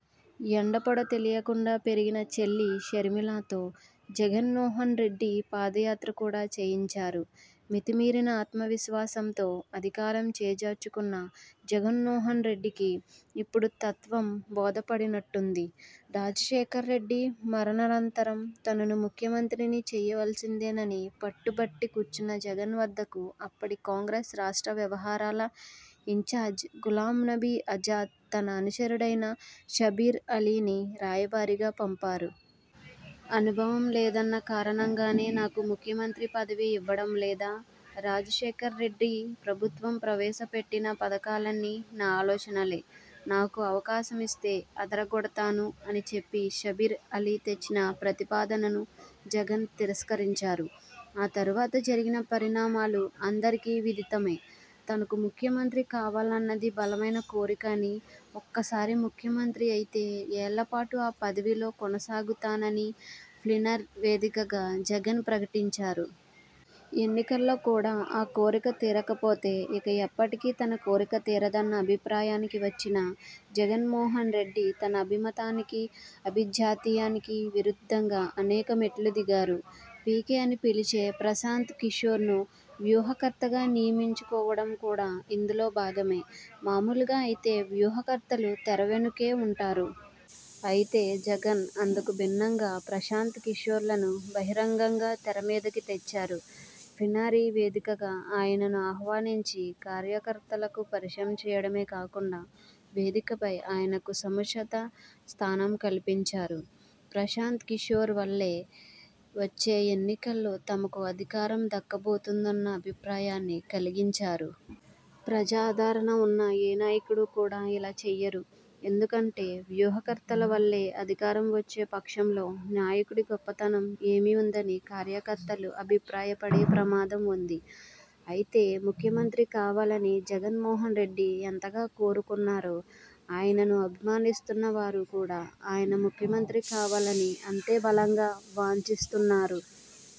ఎండ పొడ తెలియకుండా పెరిగిన చెల్లి షర్మిలతో జగన్మోహన్రెడ్డి పాదయాత్ర కూడా చేయించారు. మితి మీరిన ఆత్మ విశ్వాసంతో అధికారం చేజార్చుకున్న జగన్మోహన్రెడ్డికి ఇప్పుడు తత్త్వం బోధపడినట్టుంది. రాజశేఖర్రెడ్డి మరణానంతరం తనను ముఖ్యమంత్రిని చేయాల్సిందేనని పట్టుబట్టి కూర్చున్న జగన్ వద్దకు అప్పటి కాంగ్రెస్ రాష్ట్ర వ్యవహారాల ఇన్చార్జ్ గులాంనబీ ఆజాద్ తన అనుచరుడైన షబ్బీర్ అలీని రాయబారానికి పంపారు. 'అనుభవం లేదన్న కారణంగానే నాకు ముఖ్యమంత్రి పదవి ఇవ్వడం లేదా? రాజశేఖర్రెడ్డి ప్రభుత్వం ప్రవేశపెట్టిన పథకాలన్నీ నా ఆలోచనలే! నాకు అవకాశం ఇస్తే అదరగొడతాను' అని చెప్పి షబ్బీర్ అలీ తెచ్చిన ప్రతిపాదనను జగన్ తిరస్కరించారు. ఆ తర్వాత జరిగిన పరిణామాలు అందరికీ విదితమే! తనకు ముఖ్యమంత్రి కావాలన్నది బలమైన కోరిక అనీ, ఒక్కసారి ముఖ్యమంత్రి అయితే ఏళ్లపాటు ఆ పదవిలో కొనసాగుతాననీ ప్లీనరీ వేదికగా జగన్ ప్రకటించారు. ఎన్నికలలో కూడా ఆ కోరిక తీరకపోతే ఇక ఎప్పటికీ తన కోరిక తీరదన్న అభిప్రాయానికి వచ్చిన జగన్మోహన్రెడ్డి తన అభిమతానికి, అభిజాత్యానికి విరుద్ధంగా అనేక మెట్లు దిగారు. పీకే అని పిలిచే ప్రశాంత్ కిశోర్ను వ్యూహకర్తగా నియమించుకోవడం కూడా ఇందులో భాగమే! మామూలుగా అయితే వ్యూహకర్తలు తెర వెనుకే ఉంటారు. అయితే జగన్ అందుకు భిన్నంగా ప్రశాంత్ కిశోర్ను బహిరంగంగా తెర మీదకు తెచ్చారు. ప్లీనరీ వేదికగా ఆయనను ఆహ్వానించి కార్యకర్తలకు పరిచయం చేయడమే కాకుండా వేదికపై ఆయనకు సముచిత స్థానం కల్పించారు. ప్రశాంత్ కిశోర్ వల్లే వచ్చే ఎన్నికలలో తమకు అధికారం దక్కబోతున్నదన్న అభిప్రాయాన్ని కలిగించారు. ప్రజాదరణ ఉన్న ఏ నాయకుడు కూడా ఇలా చేయరు. ఎందుకంటే వ్యూహకర్తల వల్లే అధికారం వచ్చే పక్షంలో నాయకుడి గొప్పదనం ఏమి ఉందని కార్యకర్తలు అభిప్రాయపడే ప్రమాదం ఉంది. అయితే ముఖ్యమంత్రి కావాలని జగన్మోహన్రెడ్డి ఎంతగా కోరుకుంటున్నారో ఆయనను అభిమానిస్తున్నవారు కూడా ఆయన ముఖ్యమంత్రి కావాలని అంతే బలంగా వాంఛిస్తున్నారు.